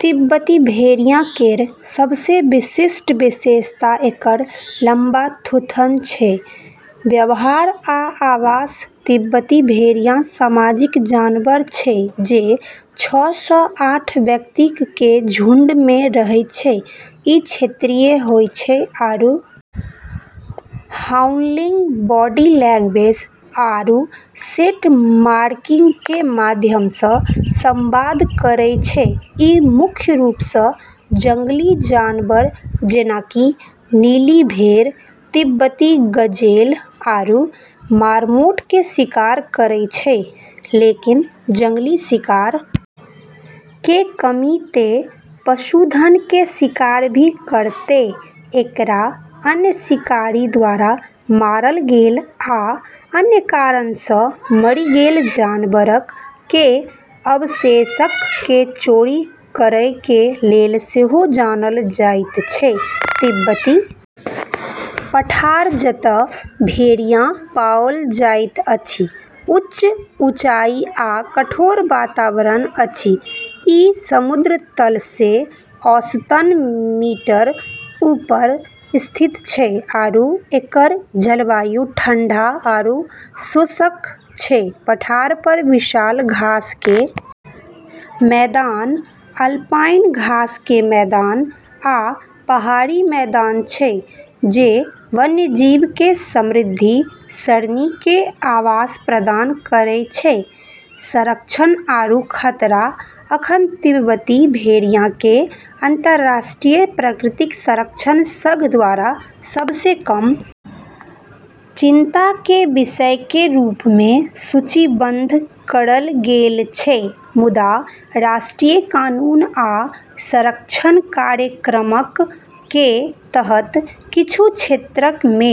तिब्बती भेड़िया केरऽ सबसें विशिष्ट विशेषता एकरऽ लम्बा थूथन छै। व्यवहार आ आवास तिब्बती भेड़िया सामाजिक जानवर छै जे छ स आठ व्यक्तिक कें झुंड मे रहय छै, ई क्षेत्रीय होय छै आरू हाउलिंग, बॉडी लैंग्वेज आरू सेंट मार्किंग के माध्यम स॑ संवाद करै छै, ई मुख्य रूप से जंगली जानवर जेना कि नीली भेड़, तिब्बती गजेल आरू मार्मोट के शिकार करै छै लेकिन जंगली शिकार के कमी ते पशुधन के शिकार भी करतै, एकरा अन्य शिकारी द्वारा मारल गेल या अन्य कारण सं मरि गेल जानवरक कें अवशेषक कें चोरी करय कें लेल सेहो जानल जायत छै, तिब्बती पठार जतय भेड़िया पाओल जाइत अछि, उच्च ऊँचाई आ कठोर वातावरण अछि, ई समुद्र तल से औसतन मीटर ऊपर स्थित छै, आरू एकरऽ जलवायु ठंडा आरू शुष्क छै, पठार पर विशाल घास के मैदान, अल्पाइन घास के मैदान, आ पहाड़ी मैदान छै जे वन्यजीव के समृद्ध सरणी के आवास प्रदान करै छै, संरक्षण आरू खतरा अखन तिब्बती भेड़िया के अंतरराष्ट्रीय प्रकृति संरक्षण संघ द्वारा सबसें कम चिंता के विषय के रूप मे सूचीबद्ध करलऽ गेलऽ छै मुदा राष्ट्रीय कानून या संरक्षण कार्यक्रमक कें तहत किच्छू क्षेत्रक मे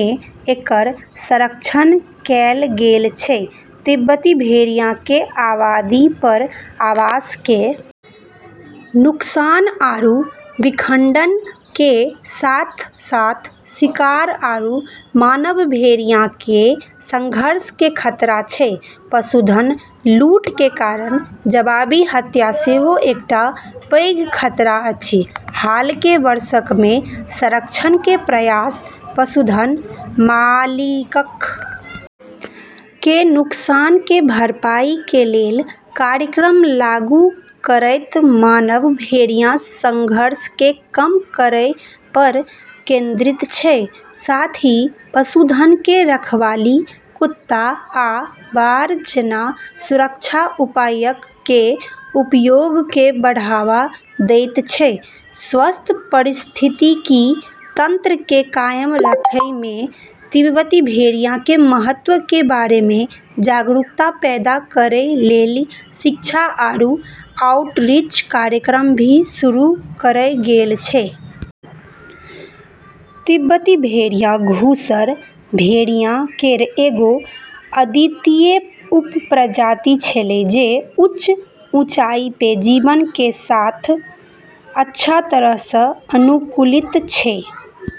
एकर संरक्षण कैल गेल छै, तिब्बती भेड़िया के आबादी पर आवास के नुकसान आरू विखंडन के साथ-साथ शिकार आरू मानव-भेड़िया के संघर्ष के खतरा छै, पशुधन लूट के कारण जवाबी हत्या सेहो एकटा पैघ खतरा अछि, हाल कें वर्षक मे संरक्षण कें प्रयास पशुधन मालिकक कें नुकसान कें भरपाई कें लेल कार्यक्रम लागू करयत मानव-भेड़िया संघर्ष कें कम करय पर केंद्रित छै, साथ ही पशुधन कें रखवाली कुत्ता आ बाड़ जैना सुरक्षा उपायक कें उपयोग कें बढ़ावा देयत छै, स्वस्थ पारिस्थितिकी तंत्र के कायम रखै मे तिब्बती भेड़िया के महत्व के बारे मे जागरूकता पैदा करै लेली शिक्षा आरू आउटरीच कार्यक्रम भी शुरू करलऽ गेलऽ छै। निष्कर्षतः तिब्बती भेड़िया धूसर भेड़िया केरऽ एगो अद्वितीय उपप्रजाति छेकै जे उच्च ऊँचाई पे जीवन के साथ अच्छा तरह से अनुकूलित छै।